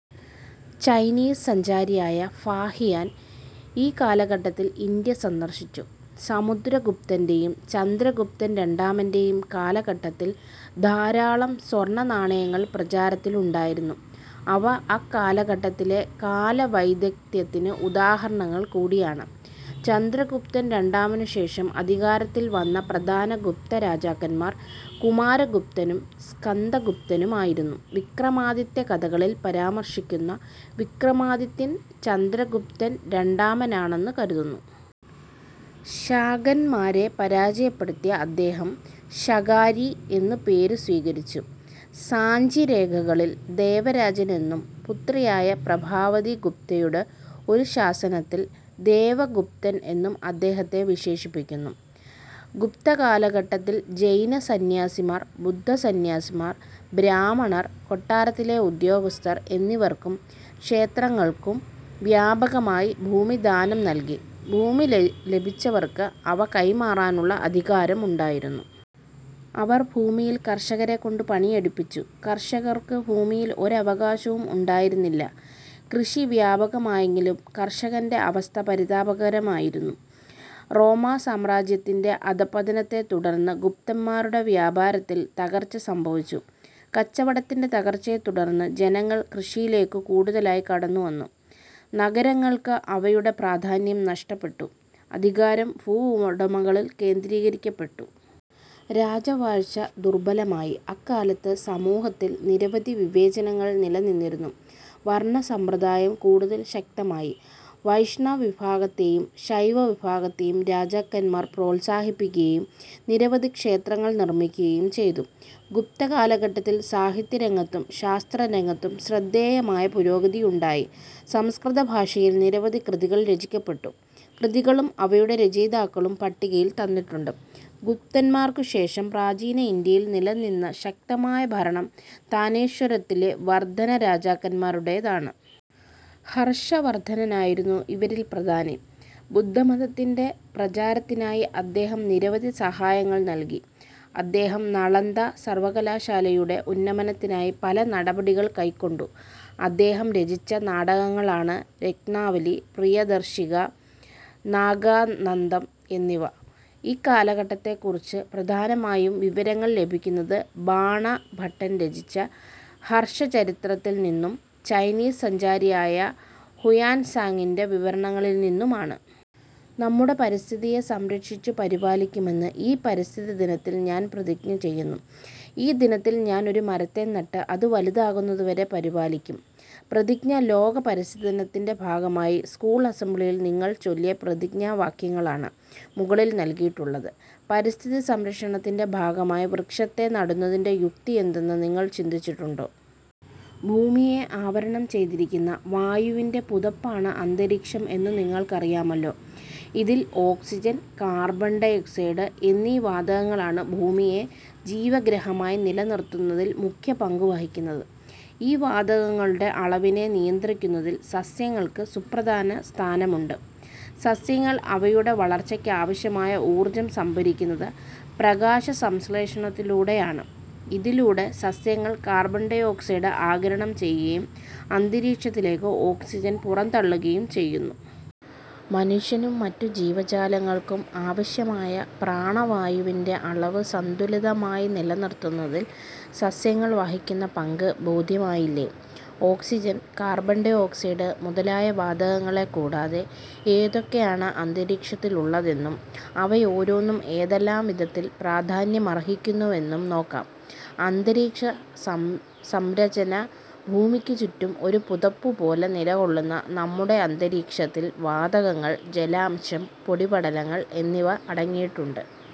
Chinese സഞ്ചാരിയായ Fahien ഈ കാലഘട്ടത്തിൽ ഇന്ത്യ സന്ദർശിച്ചു. സമുദ്രഗുപ്തന്റെയും ചന്ദ്രഗുപ്തൻ രണ്ടാമന്റെയും കാലഘട്ടത്തിൽ ധാരാളം സ്വർണ നാണയങ്ങൾ പ്രചാരത്തിലുണ്ടായിരുന്നു. അവ അക്കാലഘട്ടത്തിലെ കലാവൈദഗ്ധ്യത്തിന് ഉദാഹരണങ്ങൾ കൂടിയാണ്. ചന്ദ്രഗുപ്തൻ രണ്ടാമനു ശേഷം അധികാരത്തിൽ വന്ന പ്രധാന ഗുപ്തരാജാക്കന്മാർ കുമാരഗുപ്തനും സ്കന്ദഗുപ്തനും ആയിരുന്നു. വിക്രമാദിത്യ കഥകളിൽ പരാമർശിക്കുന്ന വിക്രമാദിത്യൻ ചന്ദ്രഗുപ്തൻ രണ്ടാമനാണെന്ന് കരുതുന്നു. ശാകന്മാരെ പരാജയപ്പെടുത്തിയ അദ്ദേഹം ""ശകാരി' എന്ന പേര് സ്വീകരിച്ചു. സാഞ്ചിരേഖകളിൽ ""ദേവരാജൻ എന്നും പുത്രിയായ പ്രഭാവതി ഗുപ്തയുടെ ഒരു ശാസനത്തിൽ "ദേവഗുപ്തൻ' എന്നും അദ്ദേഹത്തെ വിശേഷിപ്പിക്കുന്നു. ഗുപ്തകാലഘട്ടത്തിൽ ജൈനസന്ന്യാസിമാർ, ബുദ്ധ സന്ന്യാസിമാർ, ബ്രാഹ്മണർ, കൊട്ടാരത്തിലെ ഉദ്യോഗസ്ഥർ എന്നിവർക്കും ക്ഷേത്രങ്ങൾക്കും വ്യാപകമായി ഭൂമി ദാനം നൽകി. ഭൂമി ലഭിച്ചവർക്ക് അവ കൈമാറാനുള്ള അധികാരം ഉണ്ടായിരുന്നു. അവർ ഭൂമിയിൽ കർഷകരെക്കൊണ്ട് പണിയെടുപ്പിച്ചു. കർഷകർക്ക് ഭൂമിയിൽ ഒരവകാശവും ഉണ്ടായിരുന്നില്ല. കൃഷി വ്യാപകമായെങ്കിലും കർഷകന്റെ അവസ്ഥ പരിതാപകരമായിരുന്നു. റോമാസാമ്രാജ്യത്തിന്റെ അധപ്പപതനത്തെത്തുടർന്ന് ഗുപ്തന്മാരുടെ വ്യാപാരത്തിൽ തകർച്ച സംഭവിച്ചു. കച്ചവടത്തിന്റെ തകർച്ചയെ തുടർന്ന് ജനങ്ങൾ കൃഷിയിലേക്കു കൂടുതലായി കടന്നുവന്നു. നഗരങ്ങൾക്ക് അവയുടെ പ്രാധാന്യം നഷ്ടപ്പെട്ടു. അധികാരം ഭൂവുടമകളിൽ കേന്ദ്രീകരിക്കപ്പെട്ടു. രാജവാഴ്ച ദുർബലമായി. അക്കാലത്ത് സമൂഹത്തിൽ നിരവധി വിവേചനങ്ങൾ നിലനിന്നിരുന്നു. വർണസമ്പ്രദായം കൂടുതൽ ശക്തമായി. വൈഷ്ണവിഭാഗത്തെയും ശൈവവിഭാഗത്തെയും രാജാക്കന്മാർ പ്രോത്സാഹിപ്പിക്കുകയും നിരവധി ക്ഷേത്രങ്ങൾ നിർമിക്കുകയും ചെയ്തു. ഗുപ്തകാലഘട്ടത്തിൽ സാഹിത്യരംഗത്തും ശാസ്ത്രരംഗത്തും ശ്രദ്ധേയമായ പുരോഗതിയുണ്ടായി. സംസ്കൃതഭാഷയിൽ നിരവധി കൃതികൾ രചിക്കപ്പെട്ടു. കൃതികളും അവയുടെ രചയിതാക്കളും പട്ടികയിൽ തന്നിട്ടുണ്ട്. ഗുപ്തന്മാർക്കുശേഷം പ്രാചീന ഇന്ത്യയിൽ നിലനിന്ന ശക്തമായ ഭരണം താനേശ്വരത്തിലെ വർധനരാജാക്കന്മാരുടേതാണ്. ഹർഷവർധനനായിരുന്നു ഇവരിൽ പ്രധാനി. ബുദ്ധമതത്തിന്റെ പ്രചാരത്തിനായി അദ്ദേഹം നിരവധി സഹായങ്ങൾ നൽകി. അദ്ദേഹം നളന്ദ സർവകലാശാലയുടെ ഉന്നമനത്തിനായി പല നടപടികൾ കൈക്കൊണ്ടു. അദ്ദേഹം രചിച്ച നാടകങ്ങളാണ് രത്നാവലി, പ്രിയദർശിക, നാഗാനന്ദം എന്നിവ. ഈ കാലഘട്ടത്തെക്കുറിച്ച് പ്രധാനമായും വിവരങ്ങൾ ലഭിക്കുന്നത് ബാണ ഭട്ടൻ രചിച്ച "ഹർഷചരിതത്തിൽ നിന്നും ചൈനീസ് സഞ്ചാരിയായ ഹുയാൻസാങിന്റെ വിവരണങ്ങളിൽ നിന്നുമാണ്. നമ്മുടെ പരിസ്ഥിതിയെ സംരക്ഷിച്ചു പരിപാലിക്കുമെന്ന് ഈ പരിസ്ഥിതി ദിനത്തിൽ ഞാൻ പ്രതിജ്ഞ ചെയ്യുന്നു. ഈ ദിനത്തിൽ ഞാൻ ഒരു മരത്തെ നട്ട് അത് വലുതാകുന്നതുവരെ പരിപാലിക്കും. -പ്രതിജ്ഞ ലോക പരിസ്ഥിതിദിനത്തിന്റെ ഭാഗമായി സ്കൂൾ അസംബ്ലിയിൽ നിങ്ങൾ ചൊല്ലിയ പ്രതിജ്ഞാവാക്യങ്ങളാണ് മുകളിൽ നൽകിയിട്ടുള്ളത്. പരിസ്ഥിതിസംരക്ഷണത്തിന്റെ ഭാഗമായി വൃക്ഷത്തൈ നടുന്നതിന്റെ യുക്തി യെന്തെന്ന് നിങ്ങൾ ചിന്തിച്ചിട്ടുണ്ടോ? ഭൂമിയെ ആവരണം ചെയ്തിരിക്കുന്ന വായുവിന്റെ പുതപ്പാണ് അന്തരീക്ഷം എന്നു നിങ്ങൾക്കറിയാമല്ലോ. ഇതിൽ ഓക്സിജൻ, കാർബൺ ഡയോക്സൈഡ് എന്നീ വാതകങ്ങളാണ് ഭൂമിയെ ജീവഗൃഹമായി നിലനിർത്തുന്നതിൽ മുഖ്യ പങ്കുവഹിക്കുന്നത്. ഈ വാതകങ്ങളുടെ അളവിനെ നിയന്ത്രിക്കുന്നതിൽ സസ്യങ്ങൾക്ക് സുപ്രധാന സ്ഥാനമുണ്ട്. സസ്യങ്ങൾ അവയുടെ വളർച്ചയ്ക്കാവശ്യമായ ഊർജം സംഭരിക്കുന്നത് പ്രകാശസംശ്ലേഷണത്തിലൂടെയാണ്. ഇതിലൂടെ സസ്യങ്ങൾ കാർബൺ ഡയോക്സൈഡ് ആഗിരണം ചെയ്യുകയും അന്തരീക്ഷത്തിലേക്ക് ഓക്സിജൻ പുറന്തള്ളുകയും ചെയ്യുന്നു. മനുഷ്യനും മറ്റു ജീവജാലങ്ങൾക്കും ആവശ്യമായ പ്രാണവായുവിന്റെ അളവ് സന്തുലിതമായി നിലനിർത്തുന്നതിൽ സസ്യങ്ങൾ വഹിക്കുന്ന പങ്ക് ബോധ്യമായില്ലേ. ഓക്സിജൻ, കാർബൺ ഡയോക്സൈഡ് മുതലായ വാതകങ്ങളെ കൂടാതെ ഏതൊക്കെയാണ് അന്തരീക്ഷത്തിലുള്ളതെന്നും അവയോരോന്നും ഏതെല്ലാം വിധത്തിൽ പ്രാധാന്യമർഹിക്കുന്നുവെന്നും നോക്കാം. അന്തരീക്ഷസംരചന ഭൂമിക്കുചുറ്റും ഒരു പുതപ്പു പോലെ നിലകൊള്ളുന്ന നമ്മുടെ അന്തരീക്ഷത്തിൽ വാതകങ്ങൾ, ജലാംശം, പൊടിപടലങ്ങൾ എന്നിവ അട ങ്ങിയിട്ടുണ്ട്.